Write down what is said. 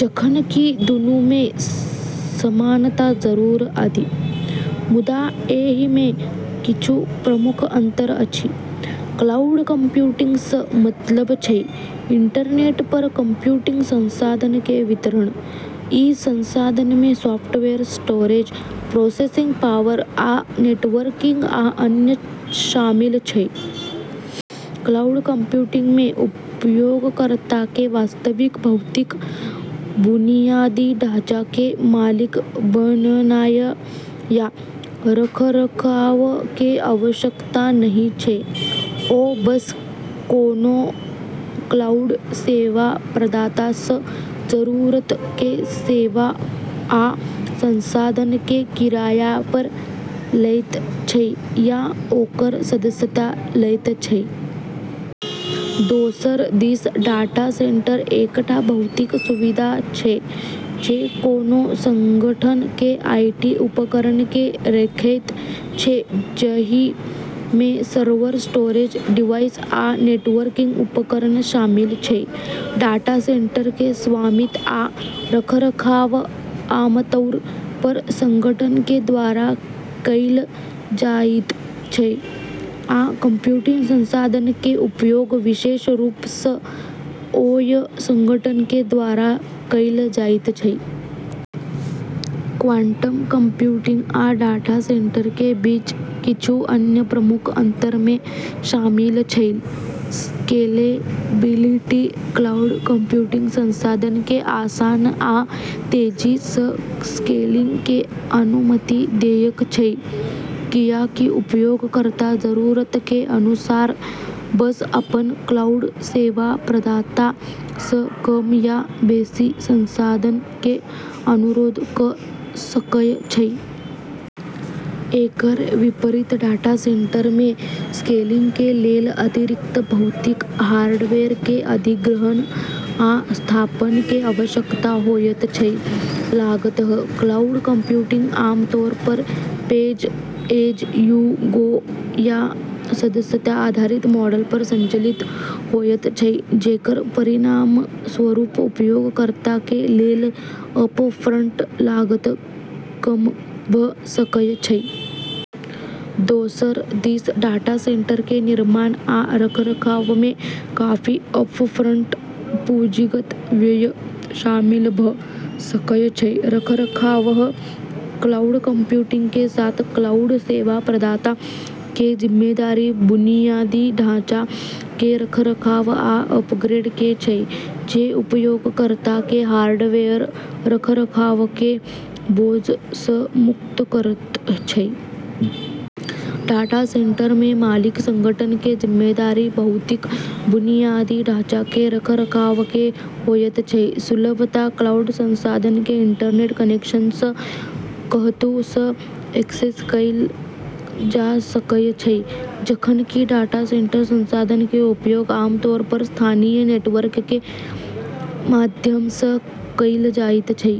जखन कि दुनू मे समानता जरूर अछि, मुदा एहि मे किछु प्रमुख अंतर अछि। क्लाउड कंप्यूटिंग सँ मतलब छै इंटरनेट पर कंप्यूटिंग संसाधन के वितरण। ई संसाधन मे सॉफ्टवेयर, स्टोरेज, प्रोसेसिंग पावर, आ नेटवर्किंग, आ अन्य शामिल छै। क्लाउड कंप्यूटिंग मे, उपयोगकर्ता के वास्तविक भौतिक बुनियादी ढाँचा के मालिक बननाय या रखरखाव के आवश्यकता नहि छै; ओ बस कोनों क्लाउड सेवा प्रदाता सँ जरूरत के सेवा आ संसाधन के किराया पर लैत छै या ओकर सदस्यता लैत छै। दोसर दिस, डाटा सेंटर एकटा भौतिक सुविधा छै जे कोनों संगठन के आईटी उपकरण के रखैत छै, जहि मे सर्वर, स्टोरेज डिवाइस आ नेटवर्किंग उपकरण शामिल छै। डाटा सेंटर के स्वामित्व आ रखरखाव आमतौर पर संगठन के द्वारा कैल जाइत छै, आ कंप्यूटिंग संसाधन के उपयोग विशेष रूप सँ ओय संगठन के द्वारा कैल जाइत छै। क्वांटम कंप्यूटिंग आ डाटा सेंटर के बीच किछु अन्य प्रमुख अंतर मे शामिल छै: स्केलेबिलिटी: क्लाउड कंप्यूटिंग संसाधन के आसान आ तेजी सँ स्केलिंग के अनुमति देयत छै, कियाकि उपयोगकर्ता जरूरत के अनुसार बस अपन क्लाउड सेवा प्रदाता सँ कम या बेसि संसाधन के अनुरोध कऽ सकय छै। एकर विपरीत, डाटा सेंटर मे स्केलिंग के लेल अतिरिक्त भौतिक हार्डवेयर के अधिग्रहण आ स्थापना के आवश्यकता होयत छै। लागत: क्लाउड कंप्यूटिंग आमतौर पर पे-एज-यू-गो या सदस्यता आधारित मॉडल पर संचालित होयत छै, जेकर परिणामस्वरूप उपयोगकर्ता के लेल अपफ्रंट लागत कम भऽ सकय छै। दोसर दिस डाटा सेंटर के निर्माण आ रखरखाव मे काफी अपफ्रंट पूंजीगत व्यय शामिल भऽ सकय छै। रखरखाव: क्लाउड कंप्यूटिंग के साथ क्लाउड सेवा प्रदाता के जिम्मेदारी बुनियादी ढाँचा के रखरखाव आ अपग्रेड के छै, जे उपयोगकर्ता के हार्डवेयर रखरखाव के बोझ सँ मुक्त करैत छै। डाटा सेंटर मे मालिक संगठन के जिम्मेदारी भौतिक बुनियादी ढाँचा के रखरखाव के होयत छै। सुलभता: क्लाउड संसाधन के इंटरनेट कनेक्शन सँ कतहु सँ एक्सेस कैल जा सकय छै, जखन कि डाटा सेंटर संसाधन के उपयोग आमतौर पर स्थानीय नेटवर्क के माध्यम सँ कैल जाइत छै।